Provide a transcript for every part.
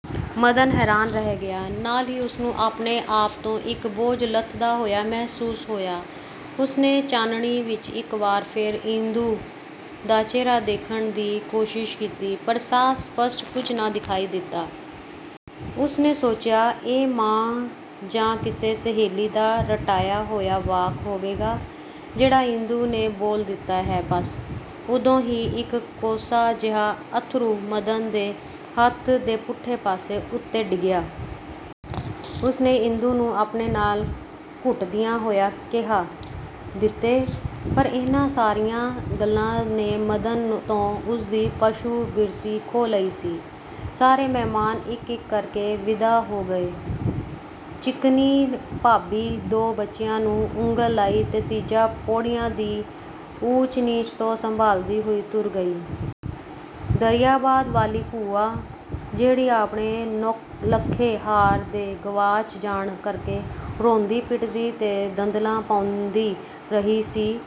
" ਮਦਨ ਹੈਰਾਨ ਰਹਿ ਗਿਆ। ਨਾਲ ਹੀ ਉਸਨੂੰ ਆਪਣੇ ਆਪ ਤੋਂ ਇਕ ਬੋਝ ਲੱਥਦਾ ਹੋਇਆ ਮਹਿਸੂਸ ਹੋਇਆ। ਉਸਨੇ ਚਾਨਣੀ ਵਿਚ ਇਕ ਵਾਰ ਫੇਰ ਇੰਦੂ ਦਾ ਚਿਹਰਾ ਦੇਖਣ ਦੀ ਕੋਸ਼ਿਸ਼ ਕੀਤੀ, ਪਰ ਸਾਫ ਸਪਸ਼ਟ ਕੁਝ ਨਾ ਦਿਖਾਈ ਦਿਤਾ। ਉਸਨੇ ਸੋਚਿਆ, ਇਹ ਮਾਂ ਜਾਂ ਕਿਸੇ ਸਹੇਲੀ ਦਾ ਰਟਾਇਆ ਹੋਇਆ ਵਾਕ ਹੋਵੇਗਾ, ਜਿਹੜਾ ਇੰਦੂ ਨੇ ਬੋਲ ਦਿਤਾ ਹੈ, ਬਸ। ਉਦੋਂ ਹੀ ਇਕ ਕੋਸਾ ਜਿਹਾ ਅੱਥਰੂ ਮਦਨ ਦੇ ਹੱਥ ਦੇ ਪੁੱਠੇ ਪਾਸੇ ਉੱਤੇ ਡਿੱਗਿਆ। ਉਸਨੇ ਇੰਦੂ ਨੂੰ ਆਪਣੇ ਨਾਲ ਘੁੱਟਦਿਆਂ ਹੋਇਆਂ ਕਿਹਾ-"ਦਿੱਤੇ। " ਪਰ ਇਹਨਾਂ ਸਾਰੀਆਂ ਗੱਲਾਂ ਨੇ ਮਦਨ ਤੋਂ ਉਸਦੀ ਪਸ਼ੂ ਬਿਰਤੀ ਖੋਹ ਲਈ ਸੀ। ਸਾਰੇ ਮਹਿਮਾਨ ਇਕ ਇਕ ਕਰਕੇ ਵਿਦਾਅ ਹੋ ਗਏ। ਚਿਕਨੀ ਭਾਬੀ ਦੋ ਬੱਚਿਆਂ ਨੂੰ ਉਂਗਲ ਲਾਈ ਤੇ ਤੀਜਾ ਪੌੜੀਆਂ ਦੀ ਊਚ ਨੀਚ ਤੋਂ ਸੰਭਾਲਦੀ ਹੋਈ ਤੁਰ ਗਈ। ਦਰਿਆਬਾਦ ਵਾਲੀ ਭੂਆ, ਜਿਹੜੀ ਆਪਣੇ ਨੌਲੱਖੇ ਹਾਰ ਦੇ ਗਵਾਚ ਜਾਣ ਕਰਕੇ, ਰੋਂਦੀ–ਪਿੱਟਦੀ ਤੇ ਦੰਦਲਾਂ ਪਾਉਂਦੀ ਰਹੀ ਸੀ,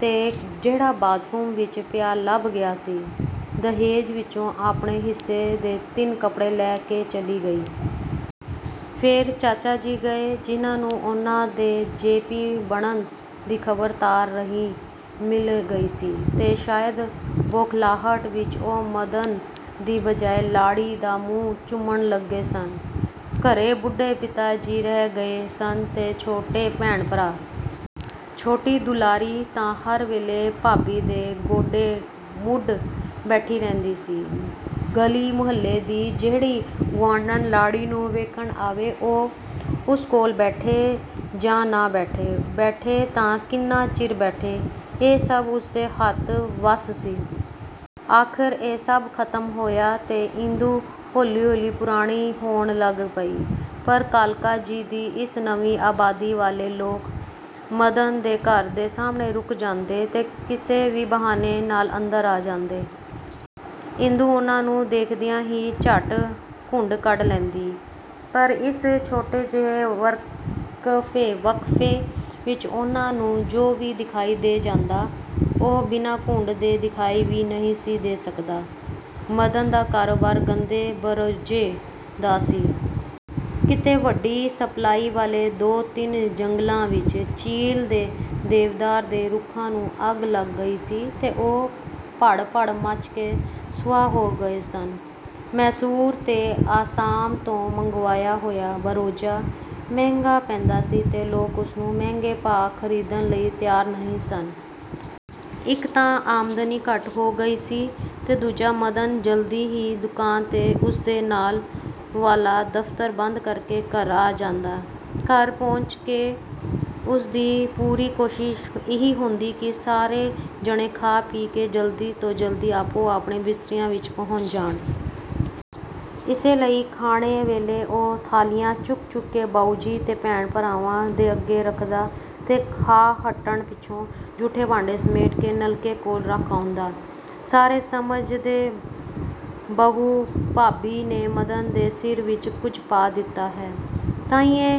ਤੇ ਜਿਹੜਾ ਬਾਥਰੂਮ ਵਿਚ ਪਿਆ ਲੱਭ ਗਿਆ ਸੀ, ਦਹੇਜ ਵਿਚੋਂ ਆਪਣੇ ਹਿੱਸੇ ਦੇ ਤਿੰਨ ਕਪੜੇ ਲੈ ਕੇ ਚਲੀ ਗਈ। ਫੇਰ ਚਾਚਾਜੀ ਗਏ, ਜਿਹਨਾਂ ਨੂੰ ਉਹਨਾਂ ਦੇ ਜੇ. ਪੀ. ਬਣਨ ਦੀ ਖ਼ਬਰ ਤਾਰ ਰਾਹੀਂ ਮਿਲ ਗਈ ਸੀ ਤੇ ਸ਼ਾਇਦ ਬੌਖ਼ਲਾਹਟ ਵਿਚ ਉਹ ਮਦਨ ਦੀ ਬਜਾਏ ਲਾੜੀ ਦਾ ਮੂੰਹ ਚੁੰਮਣ ਲੱਗੇ ਸਨ। ਘਰੇ ਬੁੱਢੇ ਪਿਤਾ ਜੀ ਰਹਿ ਗਏ ਸਨ ਤੇ ਛੋਟੇ ਭੈਣ ਭਰਾ। ਛੋਟੀ ਦੁਲਾਰੀ ਤਾਂ ਹਰ ਵੇਲੇ ਭਾਬੀ ਦੇ ਗੋਡੇ ਮੁੱਢ ਬੈਠੀ ਰਹਿੰਦੀ ਸੀ। ਗਲੀ–ਮੁਹੱਲੇ ਦੀ ਜਿਹੜੀ ਗੁਆਂਢਣ ਲਾੜੀ ਨੂੰ ਵੇਖਣ ਆਵੇ ਉਹ, ਉਸ ਕੋਲ ਬੈਠੇ ਜਾਂ ਨਾ ਬੈਠੇ, ਬੈਠੇ ਤਾਂ ਕਿੰਨਾ ਚਿਰ ਬੈਠੇ, ਇਹ ਸਭ ਉਸਦੇ ਹੱਥ–ਵੱਸ ਸੀ। ਆਖ਼ਰ ਇਹ ਸਭ ਖ਼ਤਮ ਹੋਇਆ ਤੇ ਇੰਦੂ ਹੌਲੀ–ਹੌਲੀ ਪੁਰਾਣੀ ਹੋਣ ਲੱਗ ਪਈ। ਪਰ ਕਾਲਕਾ ਜੀ ਦੀ ਇਸ ਨਵੀਂ ਆਬਾਦੀ ਵਾਲੇ ਲੋਕ ਮਦਨ ਦੇ ਘਰ ਦੇ ਸਾਹਮਣੇ ਰੁਕ ਜਾਂਦੇ ਤੇ ਕਿਸੇ ਵੀ ਬਹਾਨੇ ਨਾਲ ਅੰਦਰ ਆ ਜਾਂਦੇ। ਇੰਦੂ ਉਹਨਾਂ ਨੂੰ ਦੇਖਦਿਆਂ ਹੀ ਝੱਟ ਘੁੰਡ ਕੱਢ ਲੈਂਦੀ। ਪਰ ਇਸ ਛੋਟੇ ਜਿਹੇ ਵਕਫ਼ੇ ਵਿਚ ਉਹਨਾਂ ਨੂੰ ਜੋ ਵੀ ਦਿਖਾਈ ਦੇ ਜਾਂਦਾ, ਉਹ ਬਿਨਾਂ ਘੁੰਡ ਦੇ ਦਿਖਾਈ ਵੀ ਨਹੀਂ ਸੀ ਦੇ ਸਕਦਾ। ਮਦਨ ਦਾ ਕਾਰੋਬਾਰ ਗੰਦੇ ਬਰੋਜੇ ਦਾ ਸੀ। ਕਿਤੇ ਵੱਡੀ ਸਪਲਾਈ ਵਾਲੇ ਦੋ ਤਿੰਨ ਜੰਗਲਾਂ ਵਿਚ ਚੀਲ ਦੇ ਦੇਵਦਾਰ ਦੇ ਰੁੱਖਾਂ ਨੂੰ ਅੱਗ ਲੱਗ ਗਈ ਸੀ ਤੇ ਉਹ ਭੜ–ਭੜ ਮੱਚ ਕੇ ਸਵਾਹ ਹੋ ਗਏ ਸਨ। ਮੈਸੂਰ ਤੇ ਆਸਾਮ ਤੋਂ ਮੰਗਵਾਇਆ ਹੋਇਆ ਬਰੋਜਾ ਮਹਿੰਗਾ ਪੈਂਦਾ ਸੀ ਤੇ ਲੋਕ ਉਸਨੂੰ ਮਹਿੰਗੇ ਭਾਅ ਖ਼ਰੀਦਨ ਲਈ ਤਿਆਰ ਨਹੀਂ ਸਨ। ਇਕ ਤਾਂ ਆਮਦਨੀ ਘੱਟ ਹੋ ਗਈ ਸੀ, ਤੇ ਦੂਜਾ ਮਦਨ ਜਲਦੀ ਹੀ ਦੁਕਾਨ ਤੇ ਉਸਦੇ ਨਾਲ ਵਾਲਾ ਦਫ਼ਤਰ ਬੰਦ ਕਰਕੇ ਘਰ ਆ ਜਾਂਦਾ। ਘਰ ਪਹੁੰਚ ਕੇ ਉਸਦੀ ਪੂਰੀ ਕੋਸ਼ਿਸ਼ ਇਹੀ ਹੁੰਦੀ ਕਿ ਸਾਰੇ ਜਣੇ ਖਾ ਪੀ ਕੇ ਜਲਦੀ ਤੋਂ ਜਲਦੀ ਆਪੋ–ਆਪਣੇ ਬਿਸਤਰਿਆਂ ਵਿਚ ਪਹੁੰਚ ਜਾਣ। ਇਸੇ ਲਈ ਖਾਣੇ ਵੇਲੇ ਉਹ ਥਾਲੀਆਂ ਚੁੱਕ ਚੁੱਕ ਕੇ ਬਾਊਜੀ ਤੇ ਭੈਣ–ਭਰਾਵਾਂ ਦੇ ਅੱਗੇ ਰੱਖਦਾ ਤੇ ਖਾ ਹਟਣ ਪਿੱਛੋਂ ਜੂਠੇ ਭਾਂਡੇ ਸਮੇਟ ਕੇ ਨਲਕੇ ਕੋਲ ਰੱਖ ਆਉਂਦਾ। ਸਾਰੇ ਸਮਝਦੇ ਬਹੂ, ਭਾਬੀ ਨੇ ਮਦਨ ਦੇ ਸਿਰ ਵਿਚ ਕੁਝ ਪਾ ਦਿਤਾ ਹੈ ਤਾਂਹੀਏਂ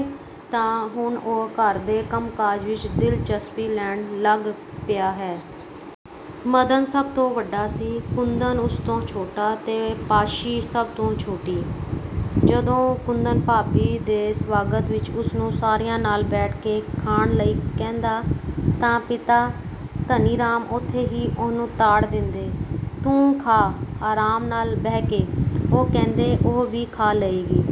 ਤਾਂ ਹੁਣ ਉਹ ਘਰ ਦੇ ਕੰਮਕਾਜ ਵਿਚ ਦਿਲਚਸਪੀ ਲੈਣ ਲੱਗ ਪਿਆ ਹੈ। ਮਦਨ ਸਭ ਤੋਂ ਵੱਡਾ ਸੀ। ਕੁੰਦਨ ਉਸ ਤੋਂ ਛੋਟਾ ਤੇ ਪਾਸ਼ੀ ਸਭ ਤੋਂ ਛੋਟੀ। ਜਦੋਂ ਕੁੰਦਨ ਭਾਬੀ ਦੇ ਸਵਾਗਤ ਵਿਚ ਉਸਨੂੰ ਸਾਰਿਆਂ ਨਾਲ ਬੈਠ ਕੇ ਖਾਣ ਲਈ ਕਹਿੰਦਾ ਤਾਂ ਪਿਤਾ ਧਨੀਰਾਮ ਉੱਥੇ ਹੀ ਉਹਨੂੰ ਤਾੜ ਦਿੰਦੇ-"ਤੂੰ ਖਾਹ, ਆਰਾਮ ਨਾਲ ਬਹਿਕੇ," ਉਹ ਕਹਿੰਦੇ, "ਉਹ ਵੀ ਖਾ ਲਏਗੀ।